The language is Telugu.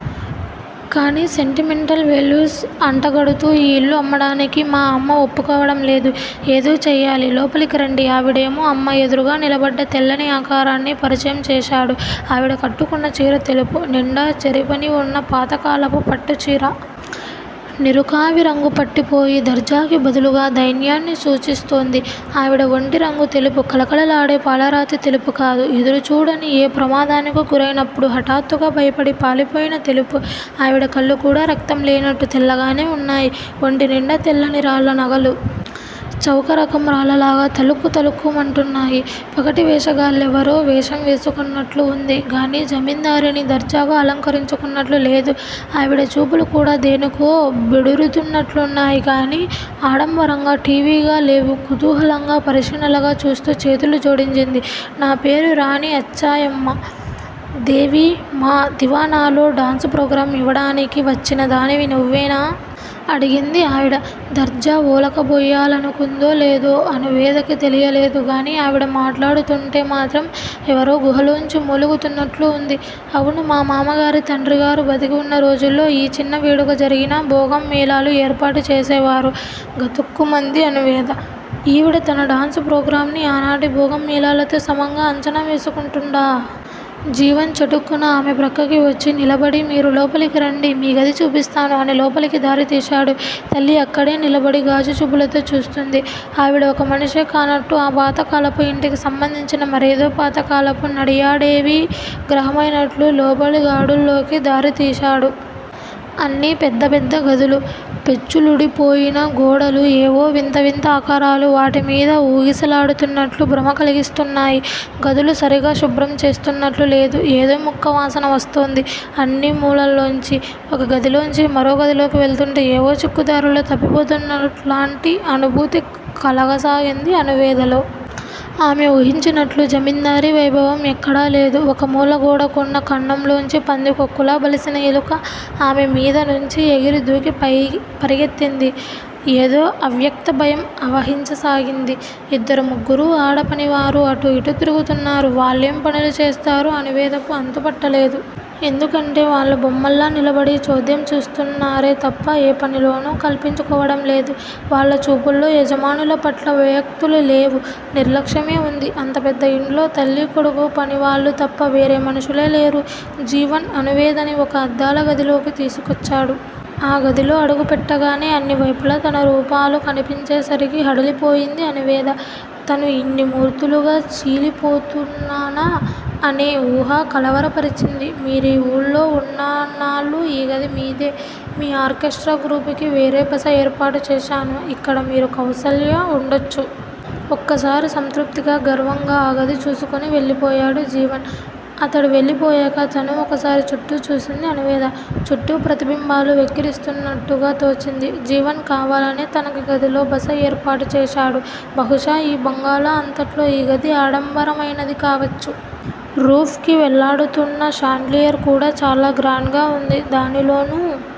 కాని సెంటిమెంటల్ వేల్యూస్ అంటగడుతూ ఈ ఇల్లు అమ్మడానికి మా అమ్మ వొప్పుకోవడం లేదు. ఏదో చెయ్యాలి లోపలికి రండి ఆవిడేమో అమ్మ ఎదురుగా నిలబడ్డ తెల్లని ఆకారాన్ని పరిచయం చేశాడు ఆవిడ కట్టుకున్న చీర తెలుపు. నిండా జరి పని వున్న పాతకాలపు పట్టు చీర. నిరుకావి రంగుపట్టి పోయి దర్జాకి బదులుగా దైన్యాన్ని సూచిస్తోంది. ఆవిడ వొంటి రంగు తెలుపు కళకళలాడే పాలరాతి తెలుపు కాదు. ఎదురుచూడని ఏ ప్రమాదానికో గురైనప్పుడు హటాత్తుగా భయపడి పాలిపోయిన తెలుపు ఆవిడ కళ్ళు కూడా రక్తం లేనట్టు తెల్లగానే వున్నాయి. వొంటి నిండా తెల్లని రాళ్ళ నగలు. చౌకరకం రాళ్ళలాగా తళుక్కు తళుక్కు మంటున్నాయి. పగటి వేషగాళ్ళేవరో వేషం వేసుకున్నట్లువుంది గానీ జమిందారిణి దర్జాగా అలంకరించుకున్నట్లు లేదు. ఆవిడ చూపులు కూడా దేనికో బెడురుతున్నట్లున్నాయి గాని, ఆడంబరంగా, ఠీవిగా లేవు కుతూహలంగా పరిశీలనగా చూస్తూ చేతులు జోడించింది. నాపేరు రాణి అచ్చయ్యమ్మా దేవి మా దివాణాలో డాన్సు ప్రోగ్రాం ఇవడానికి వచ్చిన దానివి నువేనా? అడిగింది ఆవిడ. దర్జా వోలకబోయ్యాలనుకుందో లేదో అణువేదకి తెలియలేదు గాని ఆవిడ మాట్లాడుతుంటే మాత్రం ఎవరో గుహలోంచి మూలుగుతున్నట్టుగా వుంది. అవును మా మామగారి తండ్రిగారు బతికి వున్న రోజుల్లో యి చిన్న వేడుక జరిగినా భోగం మేళాలు ఏర్పాటు చేసేవారు. గతుక్కుమంది అణువేద. ఈవిడ తన డాన్సు ప్రోగ్రాంని ఆనాటి బోగం మేళాలతో సమంగా అంచనా వేసుకుంటుండా? జీవన్ చటుక్కున ఆమె ప్రక్కకి వొచ్చి నిలబడి మీరు లోపలికి రండి మీ గది చూపిస్తాను అని లోపలికి దారి తీశాడు. తల్లి అక్కడే నిలబడి గాజు చూపులతో చూస్తోంది. ఆవిడ ఒకమనిషె కానట్టు ఆ పాతకాలపు యింటికి సంబంధించిన మరేదో పాతకాలపు నడియాడేవి గ్రహమైనట్లు లోపలిగాడుల్లోకి దారి తీశాడు. అన్నీ పెద్ద పెద్ద గదులు, పెచ్చులుడిపోయిన గోడలు యేవో వింత వింత ఆకారాలు వాటి మీద ఊగిసలాడుతున్నట్లు భ్రమ కలిగిస్తున్నాయి. గదులు సరిగా శుభ్రం చేస్తున్నట్లు లేదు. ఏదో ముక్కు వాసన వొస్తోంది అన్నీ ములల్లోంచి. ఒక గదిలోంచి మరో గదిలోకి వెళ్తుంటే ఏవో చిక్కు దారుల్లో తప్పిపోతున్నలాంటి అనుభూతి కలగాసాగింది అణువేదలో. ఆమె ఊహించినట్లు జమిందారీ వైభవం ఎక్కడా లేదు. ఒక మూల గోడ కున్న కన్నంలోంచి పందికోక్కులా బలిసిన ఎలుక ఆమె మీద నుంచి ఎగిరి దూకి పరిగెత్తింది. ఏదో అవ్యక్త భయం ఆవహించసాగింది. ఇద్దరు ముగ్గురూ అడపనివారు అటూ ఇటూ తిరుగుతున్నారు వాళ్ళెం పనులు చేస్తారో అణువేదకు అంతుపట్టలేదు. ఎందుకంటే వాళ్ళు బొమ్మల్లా నిలబడి చోద్యం చూస్తున్నారే తప్ప ఏ పనిలోనూ కల్పించుకోవడం లేదు. వాళ్ళ చూపుల్లో యజమానుల పట్ల భయభక్తులు లేవు. నిర్లక్ష్యమే వుంది. అంత పెద్ద యింట్లో తల్లి కొడుకు పనివాళ్ళు తప్ప వేరే మనుషులే లేరు. జీవన్ అణువేదని ఒక అద్దాల గదిలోకి తీసుకొచ్చాడు. ఆ గదిలో అడుగు పెట్టగానే అన్నీ వైపులా తన రూపాలు కనిపించే సరికి హడలిపోయింది అణువేద. తను ఇన్ని మూర్తులుగా చిలీపోబోతున్నానా- అనే వూహ కలవరపరిచింది. మీరి వూళ్ళో వున్నన్నాళ్ళు ఈ గది మీదే. మీ ఆర్కెస్ట్రా గ్రూపుకి వేరే బస ఏర్పాటు చేశాను. ఇక్కడ మీరు కౌసల్య వుండొచ్చు. ఒక్కసారి సంతృప్తిగా గర్వంగా ఆ గది చూసుకొని వెళ్లిపోయాడు జీవన్. అతడు వెళ్ళిపోయాక తనూ ఒకసారి చుట్టూ చూసింది అణువేద. చుట్టూ ప్రతిబింబాలు వెక్కిరిస్తున్నట్టుగా తోచింది. జీవన్ కావాలనే తనకి గదిలో బస యేర్పాటు చేశాడు. బహుశా యీ బంగాళా అంతట్లో యీ గది ఆడంబరమైనది కావచ్చు. రూఫ్ కి వెళ్ళాడుతున్న షాండ్లియర్ కూడా చాలా గ్రాండ్ గా వుంది. దానిలోనూ